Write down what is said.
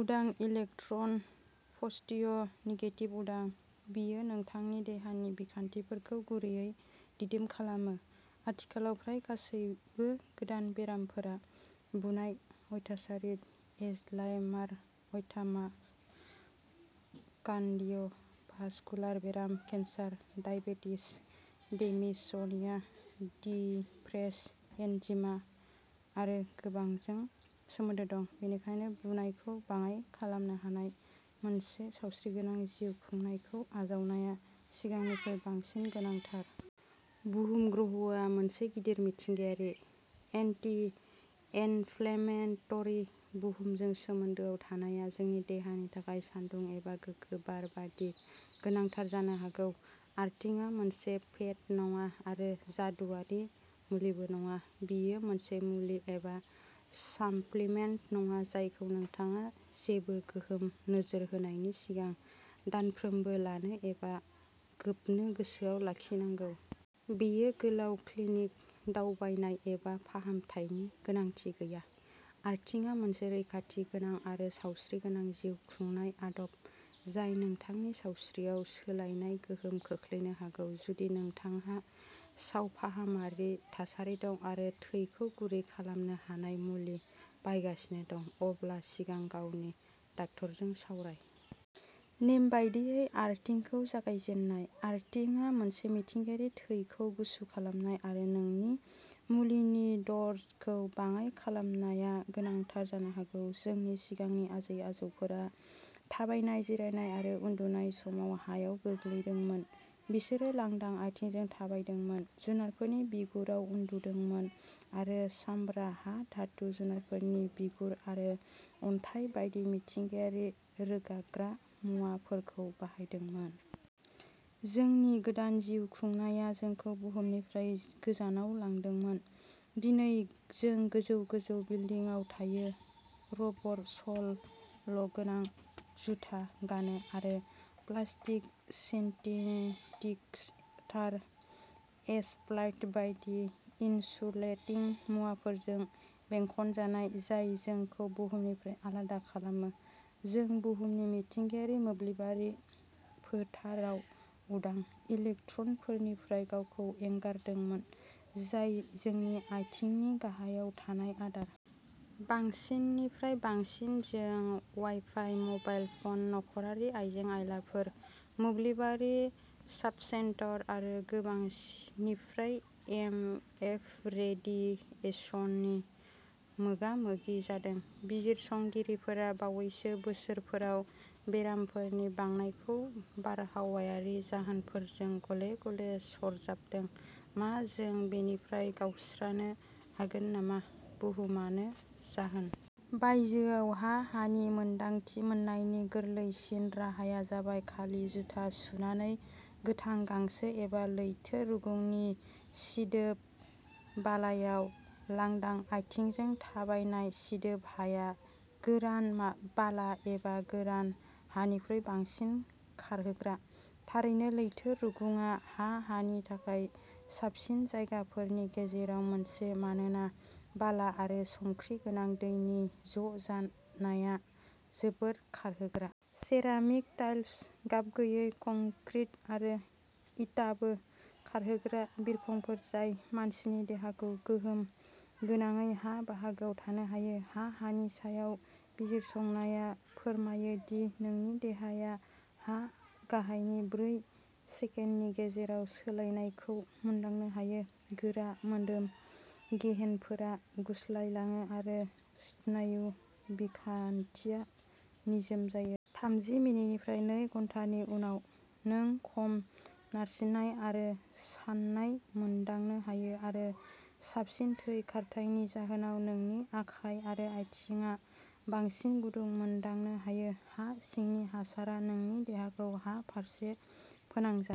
उदां electron. Positive negative उदां। बेयो नोंथांनि देहानि बिखान्थिफोरखौ गुरैयै दिदोम खालामो। आथिखालाव फ्राय गासैबो गोदान बेरामफोरा बुनाय, आर्थराइटिस, एलजाइमार, आस्थामा, कार्डिय'भास्कुलार बेराम, cancer, diabetes, dementia, depression, eczema आरो गोबांजों सोमोन्दो दं। बेनिखायनो बुनायखौ बाङाइ खालामनो हानाय मोनसे सावस्रिगोनां जिउ खुंनायखौ आजावनाया सिगांनिख्रुइ बांसिन गोनांथार। बुहुम ग्रहआ मोनसे गिदिर मिथिंगायारि, एन्टि-इनफ्लेमेटरि। बुहुमजों सोमोन्दोआव थानाया जोंनि देहानि थाखाय सानदुं एबा गोगो बार बायदि गोनांथार जानो हागौ। आर्थिंआ मोनसे फेद नङा आरो जादुआरि मुलिबो नङा। बेयो मोनसे मुलि एबा साप्लिमेन्ट नङा जायखौ नोंथाङा जेबो गोहोमखौ नोजोर होनायनि सिगां दानफ्रोमबो लानो एबा गोबनो गोसोआव लाखिनांगौ। बेयो गोलाव क्लिनिक दावबायनाय एबा फाहामथायनि गोनांथि गैया। आर्थिंआ मोनसे रैखाथि गोनां आरो सावस्रिगोनां जिउ खुंनाय आदब जाय नोंथांनि सावस्रियाव सोलायनाय गोहोम खोख्लैनो हागौ। जुदि नोंथांहा सावफाहामारि थासारि दं आरो थैखौ गुरै खालामनो हानाय मुलि बाहायगासिनो दं, अब्ला सिगां गावनि डाक्टारजों सावराय। नेमबादियै आर्दिंखौ जागायजेननाय। आर्दिंआ मोनसे मिथिंगायारि थैखौ गुसुं खालामनाय आरो नोंनि मुलिनि द'जखौ बाङाइ खालामनाया गोनांथार जानो हागौ। जोंनि सिगांनि आजै-आजौफोरा थाबायनाय, जिरायनाय आरो उन्दुनाय समाव हायाव गोग्लैदोंमोन। बिसोरो लांदां आथिंजों थाबायदोंमोन, जुनारफोरनि बिगुराव उन्दुदोंमोन आरो सामब्रा, हा, धातु, जुनारफोरनि बिगुर आरो अन्थाइ बायदि मिथिंगायारि रोगाग्रा मुवाफोरखौ बाहायदोंमोन। जोंनि गोदान जिउ खुंनाया जोंखौ बुहुमनिफ्राय गोजानाव लांदोंमोन। दिनै जों गोजौ-गोजौ बिल्डिंफोराव थायो, रबर-सल गोनां जुथा गानो आरो प्लास्टिक, सिन्थेटिक्स, टार, एसफाल्ट बायदि इनसुलेटिं मुवाफोरजों बेंखनजानाय जाय जोंखौ बुहुमनिफ्राय आलादा खालामो। जों बुहुमनि मिथिंगायारि मोब्लिबारि फोथाराव उदां इलेक्ट्रनफोरनिफ्राय गावखौ एंगारदोंमोन, जाय जोंनि आथिंनि गाहायाव थानाय आदार। बांसिननिफ्राय बांसिन जों वाइफाइ, मबाइल फ'न, नखरारि आइजें-आइलाफोर, मोब्लिबारि साबस्टेशन आरो गोबांनिफ्राय इएमएफ रेडिएसननि मोगामोगि जादों। बिजिरसंगिरिफोरा बावैसो बोसोरफोराव बेरामफोरनि बांनायखौ बारहावायारि जाहोनफोरजों गले-गले सरजाबदों। मा जों बेनिफ्राय गावस्रानो हागोन नामा? बुहुमानो जाहोन? बायजोयाव हा-हानि मोन्दांथि मोननायनि गोरलैसिन राहाया जाबाय खालि जुथा सुनानै गोथां गांसो एबा लैथो रुगुंनि सिदोब बालायाव लांदां आथिंजों थाबायनाय-सिदोब हाया गोरान बाला एबा गोरान हानिख्रुइ बांसिन खारहोग्रा। थारैनो लैथो रुगुंआ हा-हानि थाखाय साबसिन जायगाफोरनि गेजेराव मोनसे मानोना बाला आरो संख्रि गोनां दैनि ज'नाया जोबोद खारहोग्रा। सेरामिक टाइल्स, गाबगैयै कंक्रिट आरो इटाबो खारहोग्रा बिखंफोर जाय मानसिनि देहाखौ गोहोम गोनाङै हा-बाहागोआव थानो होयो। हा-हानि सायाव बिजिरसंनाया फोरमायो दि नोंनि देहाया हा-गाहायनि ब्रै सेकेन्डनि गेजेराव सोलायनायखौ मोनदांनो हायो। गोरा मोदोम गेहेनफोरा सुग्लायलाङो आरो स्नायु बिखानथिया निजोम जायो। थामजि मिनिटनिफ्राय नै घन्टानि उनाव, नों खम नारसिननाय आरो सानाय मोनदांनो हायो, आरो साबसिन थै खारथायनि जाहोनाव नोंनि आखाइ आरो आथिंआव बांसिन गुदुं मोनदांनो हायो। हा-सिंनि हासारा नोंनि देहाखौ हा-फारसे फोनांजाबो।